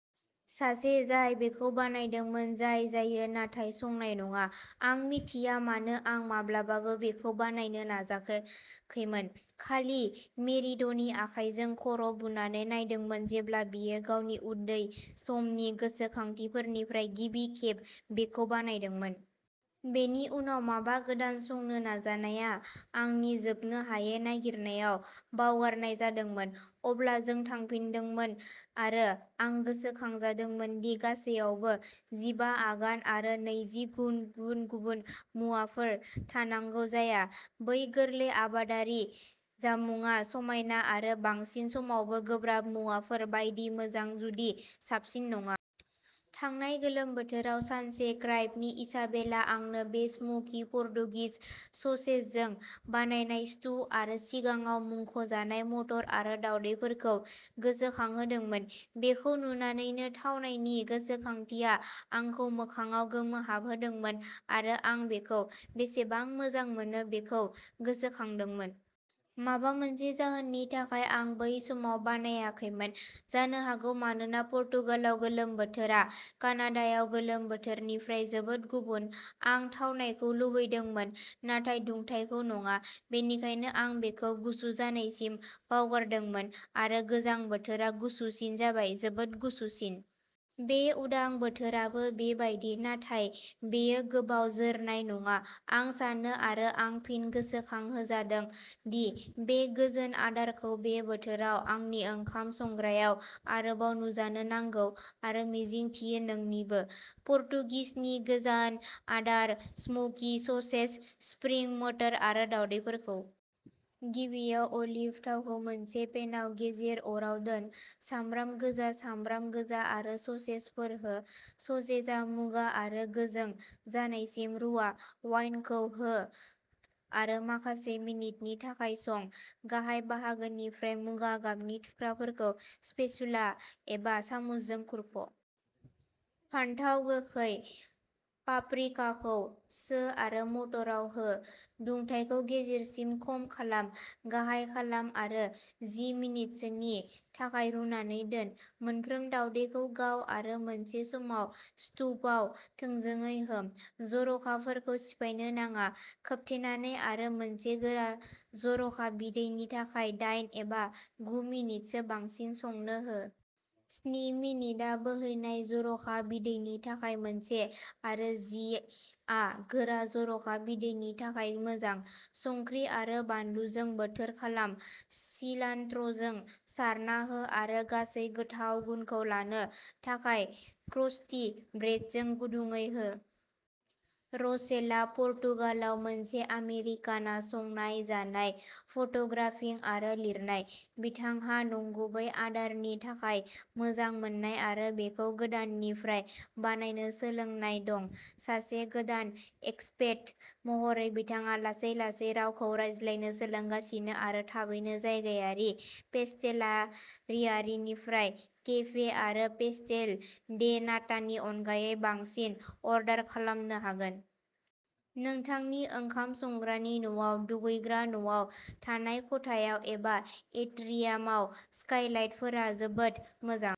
सासे जाय बेखौ बानायदोंमोन, जाय जायो नाथाय संनाय नङा। आं मिथिया मानो आं माब्लाबाबो बेखौ बानायनो नाजाखैमोन, खालि मेरिड'नि आखाइजों खर' बुनानै नायदोंमोन जेब्ला बियो गावनि उन्दै समनि गोसोखांथिफोरनिफ्राय गिबि खेब बेखौ बानायदोंमोन। बेनि उनाव माबा गोदान संनो नाजानाया आंनि जोबनो हायै नागिरनायाव बावगारनाय जादोंमोन। अब्ला जों थांफिनदोंमोन आरो आं गोसोखांजादोंमोन दि गासैयावबो जिबा आगान आरो नैजि गुबुन-गुबुन मुवाफोर थानांगौ जाया। बै गोरलै आबादारि जामुंआ समायना आरो बांसिन समावबो गोब्राब मुवाफोर बायदि मोजां, जुदि साबसिन नङा। थांनाय गोलोम बोथोराव सानसे, क्राइबनि इसाबेला, आंनो बे स्मोकी पर्दुगिस ससेजजों बानायनाय स्टु आरो सिगाङाव मुंख'जानाय मटर आरो दावदैफोरखौ गोसोखांहोदोंमोन। बेखौ नुनानैनो थावनायनि गोसोखांथिया आंखौ मोखांआव गोमोहाबहोदोंमोन आरो आं बेखौ बेसेबां मोजां मोनो बेखौ गोसोखांदोंमोन। माबा मोनसे जाहोननि थाखाय आं बै समाव बानायाखैमोन। जानो हागौ मानोना पर्तुगालाव गोलोम बोथोरा कानाडायाव गोलोम बोथोरनिफ्राय जोबोद गुबुन। आं थावनायखौ लुबैदोंमोन, नाथाय दुंथाइखौ नङा, बेनिखायनो आं बेखौ गुसु जानायसिम बावगारदोंमोन। आरो गोजां बोथोरा गुसुसिन जाबाय, जोबोद गुसुसिन। बे उदां बोथोराबो बेबायदि, नाथाय बेयो गोबाव जोरनाय नङा आं सानो आरो आं फिन गोसोखांहोजादों दि बे गोजोन आदारखौ बे बोथोराव आंनि ओंखाम संग्रायाव आरोबाव नुजानो नांगौ आरो मिजिंथियो नोंनिबो। पर्तुगिसनि गोजान आदार स्मोकी ससेज, स्प्रिं मटर आरो दावदैफोरखौ। गिबियाव अलिभ थावखौ मोनसे पेनआव गेजेर अराव दोन। सामब्राम गोजा, सामब्राम गोजा आरो ससेजफोर हो। ससेजआ मुगा आरो गोजों जानायसिम रुवा। वाइनखौ हो आरो माखासे मिनिटनि थाखाय सं, गाहाय बाहागोनिफ्राय मुगा गाबनि थुख्राफोरखौ स्पेसुला एबा सामुसजों खुरख'। फानथाव गोखै, पाप्रिकाखौ सो आरो मटराव हो। दुंथायखौ गेजेरसिम खम खालाम। गाहाय खालाम आरो जि मिनिटसोनि थाखाय रुनानै दोन। मोनफ्रोम दावदैखौ गाव आरो मोनसे समाव स्टुवआव थोंजोङै हो, जर'खाफोरखौ सिफायनो नाङा। खोबथेनानै आरो मोनसे गोरा जर'खा बिदैनि थाखाय दाइन एबा गु मिनिटसो बांसिन संनो हो। स्नि मिनिटआ बोहैनाय जर'खा बिदैनि थाखाय मोनसे आरो जि आ गोरा जर'खा बिदैनि थाखाय मोजां। संख्रि आरो बानलुजों बोथोर खालाम। सिलान्ट्र'जों सारना हो आरो गासै गोथाव गुनखौ लानो थाखाय क्रस्टि ब्रेडजों गुदुंयै हो। र'शेलआ पर्तुगालाव मोनसे आमेरिकाना संनाय, जानाय, फट'ग्राफिं आरो लिरनाय। बिथांहा नंगुबै आदारनि थाखाय मोजां मोननाय आरो बेखौ गोदाननिफ्राय बानायनो सोलोंनाय दं। सासे गोदान एक्सपेट महरै बिथाङा लासै-लासै रावखौ रायज्लायनो सोलोंगासिनो आरो थाबैनो जायगायारि पेस्टेलारियानिफ्राय केफे आरो पेस्टेल डे नाटानि अनगायै बांसिन अर्डार खालामनो हागोन। नोंथांनि ओंखाम संग्रानि न'आव, दुगैग्रा न'आव, थानाय खथायाव, एबा एट्रियामाव, स्काइलाइटफोरा जोबोद मोजां।